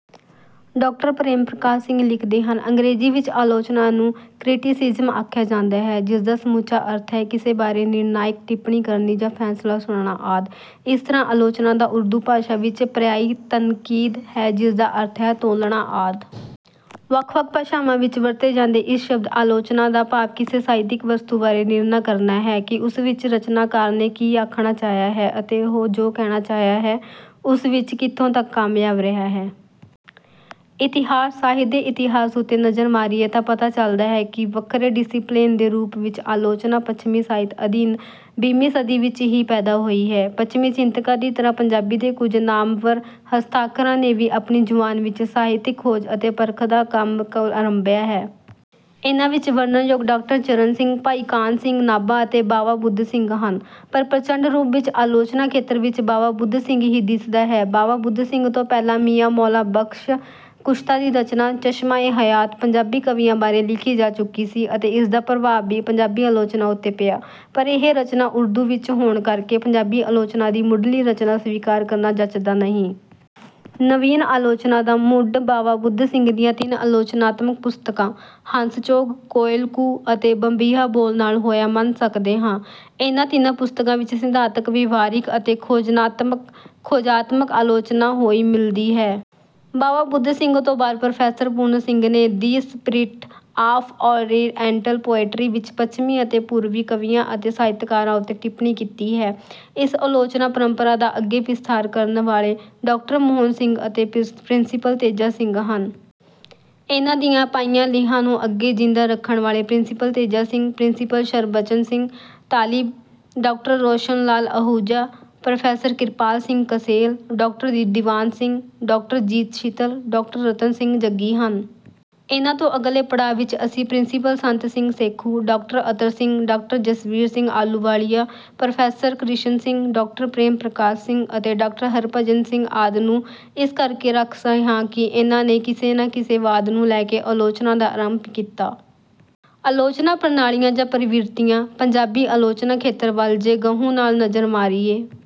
Doctor Prem Prakash Singh ਲਿਖਦੇ ਹਨ: ਅੰਗਰੇਜ਼ੀ ਵਿੱਚ ਆਲੋਚਨਾ ਨੂੰ "ਕ੍ਰਿਟਿਸਿਜ਼ਮ" ਆਖਿਆ ਜਾਂਦਾ ਹੈ, ਜਿਸਦਾ ਸਮੁੱਚਾ ਅਰਥ ਹੈ - ਕਿਸੇ ਬਾਰੇ ਨਿਰਣਾਇਕ ਟਿੱਪਣੀ ਕਰਨੀ ਜਾਂ ਫੈਸਲਾ ਸੁਣਾਉਣਾ ਆਦਿ। ਇਸ ਤਰ੍ਹਾਂ ਆਲੋਚਨਾ ਦਾ ਉਰਦੂ ਭਾਸ਼ਾ ਵਿੱਚ ਪਰਿਆਇ "ਤਨਕੀਦ" ਹੈ, ਜਿਸਦਾ ਅਰਥ ਹੈ: ਤੋਲਣਾ ਆਦਿ। ਵੱਖ-ਵੱਖ ਭਾਸ਼ਾਵਾਂ ਵਿੱਚ ਵਰਤੇ ਜਾਂਦੇ ਇਸ ਸ਼ਬਦ "ਆਲੋਚਨਾ" ਦਾ ਭਾਵ ਕਿਸੇ ਸਾਹਿਤਕ ਵਸਤੂ ਬਾਰੇ ਨਿਰਣਾ ਕਰਨਾ ਹੈ ਕਿ ਉਸ ਵਿੱਚ ਰਚਨਾਕਾਰ ਨੇ ਕੀ ਆਖਣਾ ਚਾਹਿਆ ਹੈ ਅਤੇ ਉਹ ਜੋ ਕਹਿਣਾ ਚਾਹਿਆ ਹੈ, ਉਸ ਵਿੱਚ ਕਿੱਥੋਂ ਤੱਕ ਕਾਮਯਾਬ ਰਿਹਾ ਹੈ। ਇਤਿਹਾਸ: ਸਾਹਿਤ ਦੇ ਇਤਿਹਾਸ ਉੱਤੇ ਨਜ਼ਰ ਮਾਰੀਏ ਤਾਂ ਪਤਾ ਚੱਲਦਾ ਹੈ ਕਿ ਵੱਖਰੇ ਡਿਸਿਪਲਿਨ ਦੇ ਰੂਪ ਵਿੱਚ ਆਲੋਚਨਾ ਪੱਛਮੀ ਸਾਹਿਤ ਅਧੀਨ ਵੀਹਵੀਂ ਸਦੀ ਵਿੱਚ ਹੀ ਪੈਦਾ ਹੋਈ ਹੈ। ਪੱਛਮੀ ਚਿੰਤਕਾਂ ਦੀ ਤਰ੍ਹਾਂ ਪੰਜਾਬੀ ਦੇ ਕੁਝ ਨਾਮਵਰ ਹਸਤਾਖਰਾਂ ਨੇ ਵੀ ਆਪਣੀ ਜ਼ੁਬਾਨ ਵਿੱਚ ਸਾਹਿਤਕ ਖੋਜ ਅਤੇ ਪਰਖ ਦਾ ਕੰਮ ਆਰੰਭਿਆ ਹੈ। ਇਹਨਾਂ ਵਿੱਚ ਵਰਣਨਯੋਗ ਡਾਕਟਰ ਚਰਨ ਸਿੰਘ, ਭਾਈ ਕਾਨ੍ਹ ਸਿੰਘ ਨਾਭਾ ਅਤੇ ਬਾਵਾ ਬੁੱਧ ਸਿੰਘ ਹਨ। ਪਰ ਪ੍ਰਚੰਡ ਰੂਪ ਵਿੱਚ ਆਲੋਚਨਾ ਖੇਤਰ ਵਿੱਚ ਬਾਵਾ ਬੁੱਧ ਸਿੰਘ ਹੀ ਦਿਸਦਾ ਹੈ। ਬਾਵਾ ਬੁੱਧ ਸਿੰਘ ਤੋਂ ਪਹਿਲਾਂ ਮੀਆਂ ਮੌਲਾ ਬਖ਼ਸ਼ ਕੁਸ਼ਤਾ ਦੀ ਰਚਨਾ "ਚਸ਼ਮਾ-ਏ-ਹਯਾਤ" ਪੰਜਾਬੀ ਕਵੀਆਂ ਬਾਰੇ ਲਿਖੀ ਜਾ ਚੁੱਕੀ ਸੀ ਅਤੇ ਇਸਦਾ ਪ੍ਰਭਾਵ ਵੀ ਪੰਜਾਬੀ ਆਲੋਚਨਾ ਉੱਤੇ ਪਿਆ, ਪਰ ਇਹ ਰਚਨਾ ਉਰਦੂ ਵਿੱਚ ਹੋਣ ਕਰਕੇ ਪੰਜਾਬੀ ਆਲੋਚਨਾ ਦੀ ਮੁੱਢਲੀ ਰਚਨਾ ਸਵੀਕਾਰ ਕਰਨਾ ਜੱਚਦਾ ਨਹੀਂ। ਨਵੀਨ ਆਲੋਚਨਾ ਦਾ ਮੁੱਢ ਬਾਵਾ ਬੁੱਧ ਸਿੰਘ ਦੀਆਂ ਤਿੰਨ ਆਲੋਚਨਾਤਮਕ ਪੁਸਤਕਾਂ "ਹੰਸ-ਚੋਗ", "ਕੋਇਲ ਕੂ" ਅਤੇ "ਬੰਬੀਹਾ ਬੋਲ" ਨਾਲ ਹੋਇਆ ਮੰਨ ਸਕਦੇ ਹਾਂ। ਇਹਨਾਂ ਤਿੰਨਾਂ ਪੁਸਤਕਾਂ ਵਿੱਚ ਸਿਧਾਂਤਕ, ਵਿਵਹਾਰਿਕ ਅਤੇ ਖੋਜਾਤਮਕ ਆਲੋਚਨਾ ਹੋਈ ਮਿਲਦੀ ਹੈ। ਬਾਵਾ ਬੁੱਧ ਸਿੰਘ ਤੋਂ ਬਾਅਦ ਪ੍ਰੋਫੈਸਰ ਪੂਰਨ ਸਿੰਘ ਨੇ "the spirit of oriental poetry" ਵਿੱਚ ਪੱਛਮੀ ਅਤੇ ਪੂਰਵੀ ਕਵੀਆਂ ਅਤੇ ਸਾਹਿਤਕਾਰਾਂ ਉੱਤੇ ਟਿੱਪਣੀ ਕੀਤੀ ਹੈ। ਇਸ ਆਲੋਚਨਾ ਪਰੰਪਰਾ ਦਾ ਅੱਗੇ ਵਿਸਥਾਰ ਕਰਨ ਵਾਲੇ ਡਾਕਟਰ ਮੋਹਨ ਸਿੰਘ ਅਤੇ ਪ੍ਰਿੰਸੀਪਲ ਤੇਜਾ ਸਿੰਘ ਹਨ। ਇਨ੍ਹਾਂ ਦੀਆਂ ਪਾਈਆਂ ਲੀਹਾਂ ਨੂੰ ਅੱਗੇ ਜਿੰਦਾ ਰੱਖਣ ਵਾਲੇ principal Teja Singh, principal Sharbachan Singh Talib, doctor Roshan Lal Ahuja, professor Kirpal Singh Kasel, doctor Diwan Singh, doctor Jeet Sheetal, doctor Ratan Singh Jaggi ਹਨ। ਇਨ੍ਹਾਂ ਤੋਂ ਅਗਲੇ ਪੜਾਅ ਵਿੱਚ ਅਸੀਂ principal Sant Singh Sekhon, doctor Attar Singh, doctor Jasvir Singh Ahluwalia, professor Krishan Singh, doctor Prem Prakash Singh ਅਤੇ ਡਾਕਟਰ ਹਰਿਭਜਨ ਸਿੰਘ ਆਦਿ ਨੂੰ ਇਸ ਕਰਕੇ ਰੱਖ ਰਹੇ ਹਾਂ ਕਿ ਇਹਨਾਂ ਨੇ ਕਿਸੇ ਨਾ ਕਿਸੇ ਵਾਦ ਨੂੰ ਲੈ ਕੇ ਆਲੋਚਨਾ ਦਾ ਆਰੰਭ ਕੀਤਾ। ਆਲੋਚਨਾ ਪ੍ਰਣਾਲੀਆਂ ਜਾਂ ਪ੍ਰਵਿਰਤੀਆਂ: ਪੰਜਾਬੀ ਆਲੋਚਨਾ ਖੇਤਰ ਵੱਲ ਜੇ ਗਹੁ ਨਾਲ ਨਜ਼ਰ ਮਾਰੀਏ,